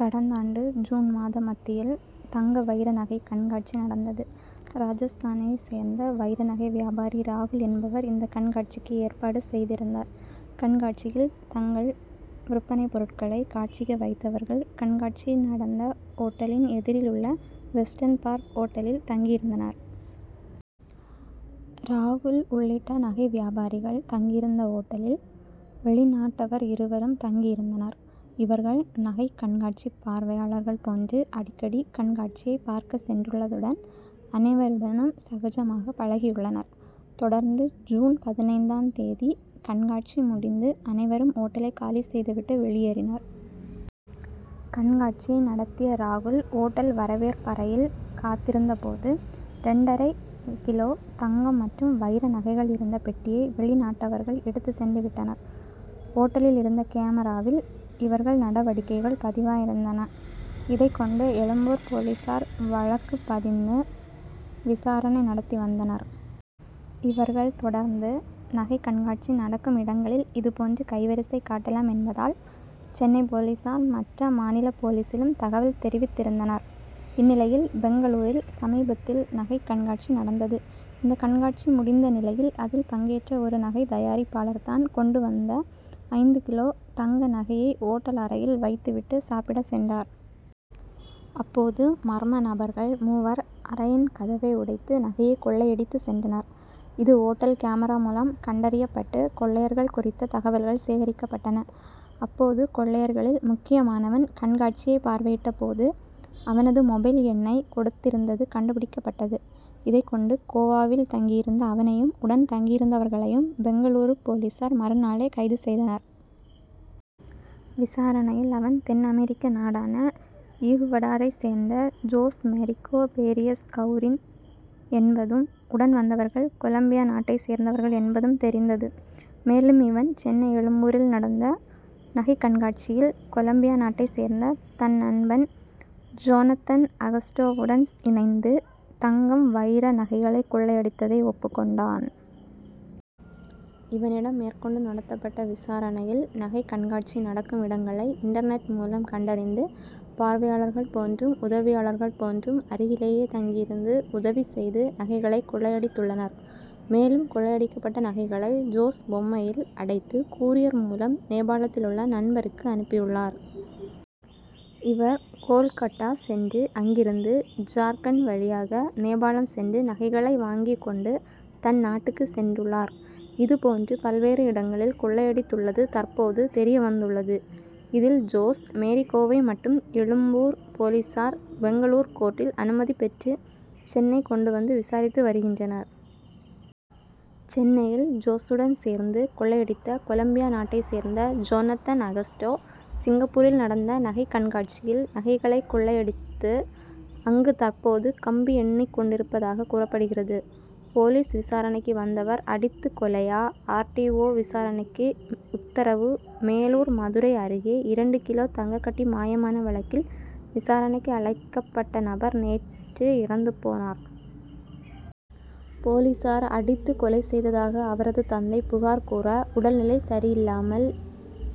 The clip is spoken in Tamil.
கடந்தாண்டு ஜூன் மாத மத்தியில் தங்க வைர நகை கண்காட்சி நடந்தது. ராஜஸ்தானைச் சேர்ந்த வைர நகை வியாபாரி ராகுல் என்பவர் இந்த கண்காட்சிக்கு ஏற்பாடு செய்திருந்தார். கண்காட்சியில் தங்கள் விற்பனை பொருட்களை காட்சிக்கு வைத்தவர்கள் கண்காட்சி நடந்த ஓட்டலின் எதிரில் உள்ள வெஸ்டர்ன் பார்க் ஓட்டலில் தங்கியிருந்தனர். ராகுல் உள்ளிட்ட நகை வியாபாரிகள் தங்கியிருந்த ஓட்டலில் வெளிநாட்டவர் இருவரும் தங்கியிருந்தனர். இவர்கள் நகை கண்காட்சி பார்வையாளர்கள் போன்று அடிக்கடி கண்காட்சியை பார்க்க சென்றுள்ளதுடன் அனைவருடனும் சகஜமாக பழகியுள்ளனர். தொடர்ந்து ஜூன் பதினைந்தாம் தேதி கண்காட்சி முடிந்து அனைவரும் ஓட்டலை காலி செய்து விட்டு வெளியேறினர். கண்காட்சியை நடத்திய ராகுல் ஓட்டல் வரவேற்பறையில் காத்திருந்த போது இரண்டரை கிலோ தங்கம் மற்றும் வைர நகைகள் இருந்த பெட்டியை வெளிநாட்டவர்கள் எடுத்துச் சென்று விட்டனர். ஓட்டலில் இருந்த கேமராவில் இவர்கள் நடவடிக்கைகள் பதிவாகியிருந்தன. இதைக் கொண்டு எழும்பூர் போலீசார் வழக்கு பதிந்து விசாரணை நடத்தி வந்தனர். இவர்கள் தொடர்ந்து நகை கண்காட்சி நடக்கும் இடங்களில் இதுபோன்று கைவரிசை காட்டலாம் என்பதால் சென்னை போலீசார் மற்ற மாநில போலீசிலும் தகவல் தெரிவித்திருந்தனர். இந்நிலையில் பெங்களூரில் சமீபத்தில் நகை கண்காட்சி நடந்தது. இந்த கண்காட்சி முடிந்த நிலையில் அதில் பங்கேற்ற ஒரு நகை தயாரிப்பாளர் தான் கொண்டு வந்த ஐந்து கிலோ தங்க நகையை ஓட்டல் அறையில் வைத்துவிட்டு சாப்பிடச் சென்றார். அப்போது மர்ம நபர்கள் மூவர் அறையின் கதவை உடைத்து நகையை கொள்ளையடித்துச் சென்றனர். இது ஓட்டல் கேமரா மூலம் கண்டறியப்பட்டு கொள்ளையர்கள் குறித்த தகவல்கள் சேகரிக்கப்பட்டன. அப்போது கொள்ளையர்களில் முக்கியமானவன் கண்காட்சியை பார்வையிட்ட போது அவனது மொபைல் எண்ணை கொடுத்திருந்தது கண்டுபிடிக்கப்பட்டது. இதை கொண்டு கோவாவில் தங்கியிருந்த அவனையும் உடன் தங்கியிருந்தவர்களையும் பெங்களூரு போலீசார் மறு நாளே கைது செய்தனர். விசாரணையில் அவன் தென்அமெரிக்க நாடான ஈகுவடாரைச் சேர்ந்த ஜோஸ் மேரிகோ பேரியஸ் கவுரின் என்பதும் உடன் வந்தவர்கள் கொலம்பியா நாட்டைச் சேர்ந்தவர்கள் என்பதும் தெரிந்தது. மேலும் இவன் சென்னை எழும்பூரில் நடந்த நகை கண்காட்சியில் கொலம்பியா நாட்டைச் சேர்ந்த தன் நண்பன் ஜோனத்தன் அகஸ்டோவுடன் இணைந்து தங்கம் வைர நகைகளை கொள்ளையடித்ததை ஒப்புக் கொண்டான். இவனிடம் மேற்கொண்டு நடத்தப்பட்ட விசாரணையில் நகை கண்காட்சி நடக்கும் இடங்களை இன்டர்நெட் மூலம் கண்டறிந்து பார்வையாளர்கள் போன்றும் உதவியாளர்கள் போன்றும் அருகிலேயே தங்கியிருந்து உதவி செய்து நகைகளை கொள்ளையடித்துள்ளனர். மேலும் கொள்ளையடிக்கப்பட்ட நகைகளை ஜோஸ் பொம்மையில் அடைத்து கூரியர் மூலம் நேபாளத்தில் உள்ள நண்பருக்கு அனுப்பியுள்ளார். இவர் கோல்கட்டா சென்று அங்கிருந்து ஜார்க்கண்ட் வழியாக நேபாளம் சென்று நகைகளை வாங்கிக் கொண்டு தன் நாட்டுக்கு சென்றுள்ளார். இது போன்று பல்வேறு இடங்களில் கொள்ளையடித்துள்ளது தற்போது தெரியவந்துள்ளது. இதில் ஜோஸ் மேரிகோவை மட்டும் எழும்பூர் போலீசார் பெங்களூரு கோர்ட்டில் அனுமதி பெற்று சென்னை கொண்டு வந்து விசாரித்து வருகின்றனர். சென்னையில் ஜோசுடன் சேர்ந்து கொள்ளையடித்த கொலம்பியா நாட்டைச் சேர்ந்த ஜோனத்தன் அகஸ்டோ சிங்கப்பூரில் நடந்த நகை கண்காட்சியில் நகைகளை கொள்ளையடித்து அங்கு தற்போது கம்பி எண்ணிக் கொண்டிருப்பதாக கூறப்படுகிறது. போலீஸ் விசாரணைக்கு வந்தவர் அடித்து கொலையா ஆர். டி. ஓ. விசாரணைக்கு உத்தரவு மேலூர் மதுரை அருகே இரண்டு கிலோ தங்க கட்டி மாயமான வழக்கில் விசாரணைக்கு அழைக்கப்பட்ட நபர் நேற்று இறந்து போனார். போலீசார் அடித்து கொலை செய்ததாக அவரது தந்தை புகார் கூற உடல் நிலை சரியில்லாமல்